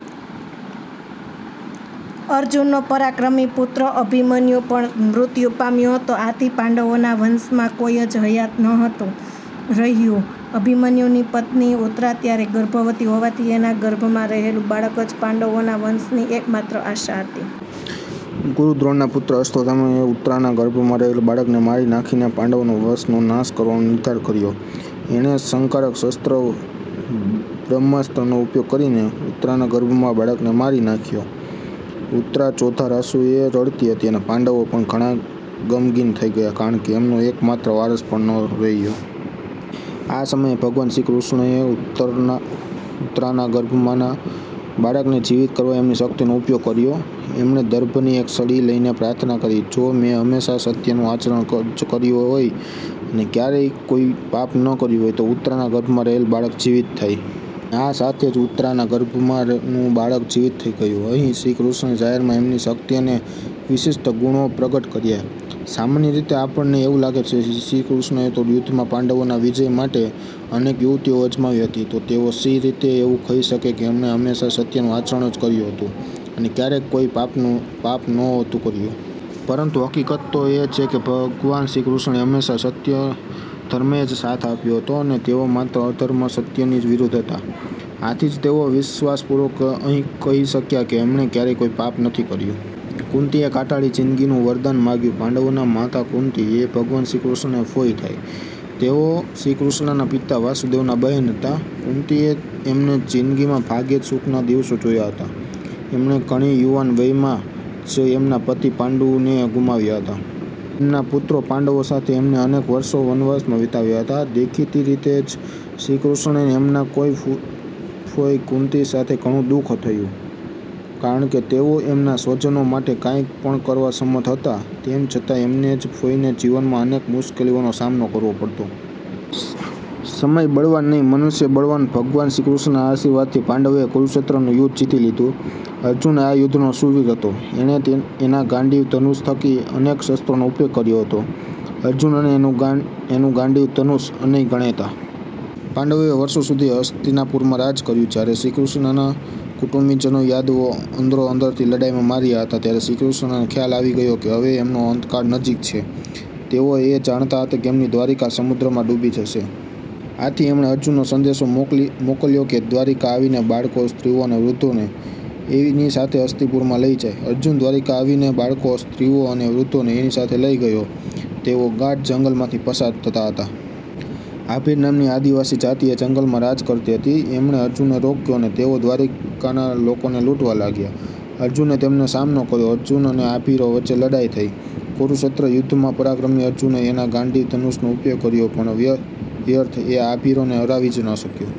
અર્જુનનો પરાક્રમી પુત્ર અભિમન્યુ પણ મૃત્યુ પામ્યો હતો. આથી પાંડવોના વંશમાં। કોઈ જ હયાત નહોતું રહ્યું. અભિમન્યુની પત્ની ઉત્તરા ત્યારે ગર્ભવતી હોવાથી એના ગર્ભમાં રહેલું બાળક જ પાંડવોના વંશની એક માત્ર આશા હતી. ગુરુ દ્રોણના પુત્ર અશ્વસ્થામાએ ઉત્તરાના ગર્ભમાં રહેલ બાળકને મારી નાંખીને પાંડવોના વંશનો નાશ કરવાનો નિર્ધાર કર્યો. એણે સંહારક શસ્ત્ર બ્રહ્માસ્ત્રનો ઉપયોગ કરીને ઉત્તરાના ગર્ભમાંના બાળકને મારી નાંખ્યો. ઉત્તરા ચોધાર આંસુએ રડતી હતી અને પાંડવો પણ ઘણા ગમગીન થઇ ગયા કારણકે એમનો એક માત્ર વારસ પણ ન રહ્યો. આ સમયે ભગવાન શ્રીકૃષ્ણએ ઉત્તરાના ગર્ભમાંના બાળકને જીવિત કરવા એમની શક્તિનો ઉપયોગ કર્યો. એમણે દર્ભની એક સળી લઈને પ્રાર્થના કરી, "જો મેં હંમેશાં સત્યનું આચરણ જ કર્યું હોય અને ક્યારેય કોઈ પાપ ન કર્યું હોય તો ઉત્તરાના ગર્ભમાં રહેલ બાળક જીવિત થાય! " અને આ સાથે જ ઉત્તરાના ગર્ભમાંનું બાળક જીવિત થઇ ગયું! અહીં શ્રીકૃષ્ણએ જાહેરમાં એમની શક્તિ અને વિશિષ્ઠ ગુણો પ્રગટ કર્યા. સામાન્ય રીતે આપણને એવું લાગે કે શ્રીકૃષ્ણએ તો યુદ્ધમાં પાંડવોના વિજય માટે અનેક યુક્તિઓ અજમાવી હતી તો તેઓ શી રીતે એવું કહી શકે કે એમણે હંમેશાં સત્યનું આચરણ જ કર્યું હતું અને ક્યારેય કોઈ પાપ નહોતું કર્યું? પરંતુ હકીકત એ છે કે ભગવાન શ્રીકૃષ્ણએ હંમેશાં સત્ય ધર્મને જ સાથ આપ્યો હતો અને તેઓ માત્ર અધર્મ અસત્યની જ વિરુદ્ધ હતા. આથી જ તેઓ વિશ્વાસપૂર્વક કહી શક્યા કે એમણે ક્યારેય કોઈ પાપ નથી કર્યું. કુંતીએ કાંટાળી જીન્દગીનું વરદાન માંગ્યું પાંડવોના માતા કુંતી એ ભગવાન શ્રીકૃષ્ણના ફોઈ થાય. તેઓ શ્રીકૃષ્ણના પિતા વાસુદેવના બહેન હતા. કુંતીએ એમની જીન્દગીમાં ભાગ્યે જ સુખના દિવસો જોયા હતા. એમણે ઘણી યુવાન વયમાં જ એમના પતિ પાંડુને ગુમાવ્યા હતા. એમના પુત્રો પાંડવો સાથે એમણે અનેક વર્ષો વનવાસમાં વિતાવ્યા હતા. દેખીતી રીતે જ શ્રીકૃષ્ણને એમના ફોઈ કુંતી માટે ઘણું દુ:ખ થતું. કારણકે તેઓ એમના સ્વજનો માટે કાંઈ પણ કરવા સમર્થ હતા તેમ છતાં એમના જ ફોઈને જીવનમાં અનેક મુશ્કેલીઓનો સામનો કરવો પડતો. છે સમય બળવાન નહીં મનુષ્ય બળવાન ભગવાન શ્રીકૃષ્ણના આશીર્વાદથી પાંડવોએ કુરુક્ષેત્રનું યુદ્ધ જીતી લીધું. અર્જુન આ યુદ્ધનો શૂરવીર હતો. એણે એના ગાંડીવ ધનુષ થકી અનેક શસ્ત્રોનો ઉપયોગ કર્યો. અર્જુન અને એનું ગાંડીવ ધનુષ અજેય ગણાતા. પાંડવોએ વર્ષો સુધી હસ્તિનાપુરમાં રાજ કર્યું. જયારે શ્રીકૃષ્ણના કુટુંબીજનો યાદવો અંદરો અંદરની લડાઈમાં માર્યા ગયા ત્યારે શ્રીકૃષ્ણને ખ્યાલ આવી ગયો કે હવે એમનો અંતકાળ નજીક છે. તેઓ એ પણ જાણતા હતા કે એમની દ્વારિકા સમુદ્રમાં ડૂબી જશે. આથી એમણે અર્જુનને સંદેશો મોકલ્યો કે તે દ્વારિકા આવીને બાળકો, સ્ત્રીઓ અને વૃધ્ધોને એની સાથે હસ્તિનાપુર લઇ જાય. અર્જુન દ્વારિકા આવીને બાળકો, સ્ત્રીઓ અને વૃધ્ધોને એની સાથે લઇ ગયો. તેઓ ગાઢ જંગલમાંથી પસાર થતા હતા. આભીર નામની આદિવાસી જાતી એ જંગલમાં રાજ કરતી હતી. એમણે અર્જુનને રોક્યો અને તેઓ દ્વારિકાના લોકોને લુંટવા લાગ્યા. અર્જુને તેમનો સામનો કર્યો. અર્જુન અને આભીરો વચ્ચે લડાઈ થઇ. કુરુક્ષેત્ર યુધ્ધના પરાક્રમી અર્જુને એના ગાંડીવ ધનુષનો ઉપયોગ કર્યો પણ વ્યર્થ! એ આભીરોને હરાવી ન શક્યો!